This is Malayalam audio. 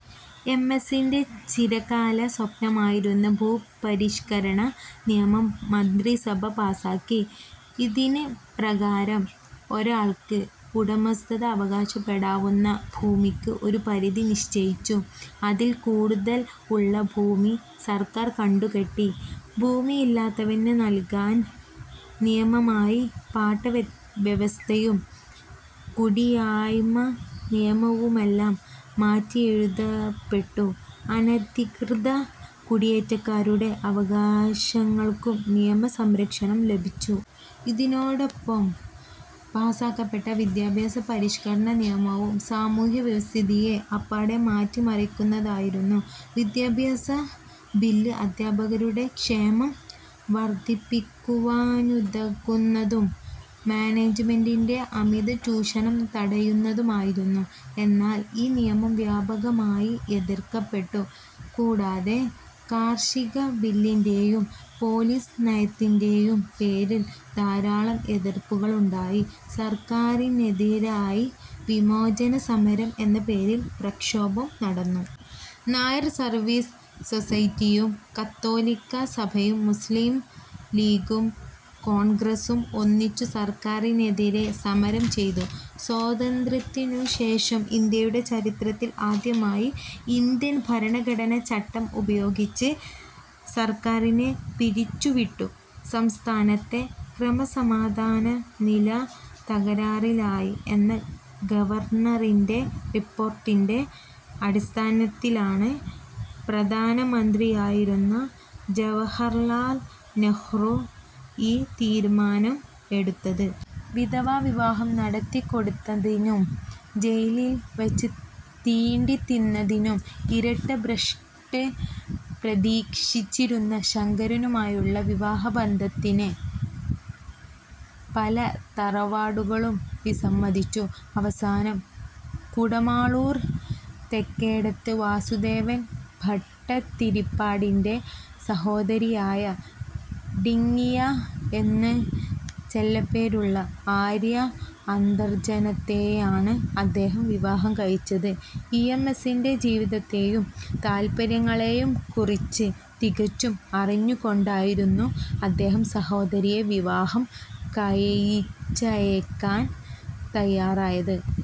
എം. എസിന്റെ ചിരകാല സ്വപ്നമായിരുന്ന ഭൂപരിഷ്കരണ നിയമം മന്ത്രിസഭ പാസ്സാക്കി. ഇതിൻ പ്രകാരം ഒരാൾക്ക് ഉടമസ്ഥത അവകാശപ്പെടാവുന്ന ഭൂമിക്ക് ഒരു പരിധി നിശ്ചയിച്ചു. അതിൽ കൂടുതൽ ഉള്ള ഭൂമി സർക്കാർ കണ്ടുകെട്ടി ഭൂമിയില്ലാത്തവന് നല്കാൻ നിയമമായി. പാട്ടവ്യവസ്ഥയും കുടിയായ്മ നിയമവുമെല്ലാം മാറ്റിയെഴുതപ്പെട്ടു. അനധികൃത കുടിയേറ്റക്കാരുടെ അവകാശങ്ങൾക്കും നിയമ സംരക്ഷണം ലഭിച്ചു. ഇതിനോടൊപ്പം പാസ്സാക്കപ്പെട്ട വിദ്യാഭ്യാസ പരിഷ്കരണ നിയമവും സാമൂഹ്യ വ്യവസ്ഥിതിയെ അപ്പാടെ മാറ്റിമറിക്കുന്നതായിരുന്നു. വിദ്യാഭ്യാസ ബില്ല് അദ്ധ്യാപകരുടെ ക്ഷേമം വർദ്ധിപ്പിക്കുവാനുതകുന്നതും മാനേജ്മെന്റിന്റെ അമിത ചൂഷണം തടയുന്നതുമായിരുന്നു. എന്നാൽ ഈ നിയമം വ്യാപകമായി എതിർക്കപ്പെട്ടു. കൂടാതെ കാർഷിക ബില്ലിന്റെയും പോലീസ് നയത്തിന്റെയും പേരിൽ ധാരാളം എതിർപ്പുകളുണ്ടായി. സർക്കാരിനെതിരായി വിമോചനസമരം എന്നപേരിൽ പ്രക്ഷോഭം നടന്നു. നായർ സർവീസ് സൊസൈറ്റിയും കത്തോലിക്ക സഭയും മുസ്ലിം ലീഗും കോൺഗ്രസ്സും ഒന്നിച്ചു സർക്കാരിനെതിരെ സമരം ചെയ്തു. സ്വാതന്ത്ര്യത്തിനുശേഷം ഇന്ത്യയുടെ ചരിത്രത്തിൽആദ്യമായി ഇന്ത്യൻ ഭരണഘടന ചട്ടം ഉപയോഗിച്ച് സർക്കാരിനെ പിരിച്ചു വിട്ടു. സംസ്ഥാനത്തെ ക്രമസമാധാന നില തകരാറിലായി എന്ന ഗവർണറിന്റെ റിപ്പോർട്ടിന്റെ അടിസ്ഥാനത്തിലാണ് പ്രധാനമന്ത്രിയായിരുന്ന ജവഹർലാൽ നെഹ്രു ഈ തീരുമാനം എടുത്തത്. വിധവാ വിവാഹം നടത്തിക്കൊടുത്തതിനും ജയിലിൽ വച്ച് തീണ്ടിത്തിന്നതിനും ഇരട്ട ഭ്രഷ്ട് പ്രതീക്ഷിച്ചിരുന്ന ശങ്കരനുമായുള്ള വിവാഹ ബന്ധത്തിന് പല തറവാടുകളും വിസമ്മതിച്ചു. അവസാനം കുടമാളൂർ തെക്കേടത്ത് വാസുദേവൻ ഭട്ടതിരിപ്പാടിന്റെ സഹോദരിയായ 'ടിങ്ങിയ' എന്ന് ചെല്ലപ്പേരുള്ള ആര്യ അന്തർജനത്തെയാണ് അദ്ദേഹം വിവാഹം കഴിച്ചത്. ഇ. എം. എസിന്റെ ജീവിതത്തെയും താല്പര്യങ്ങളെയുംകുറിച്ച് തികച്ചും അറിഞ്ഞുകൊണ്ടായിരുന്നു അദ്ദേഹം സഹോദരിയെ വിവാഹം കഴിച്ചയയ്ക്കാൻ തയ്യാറായത്.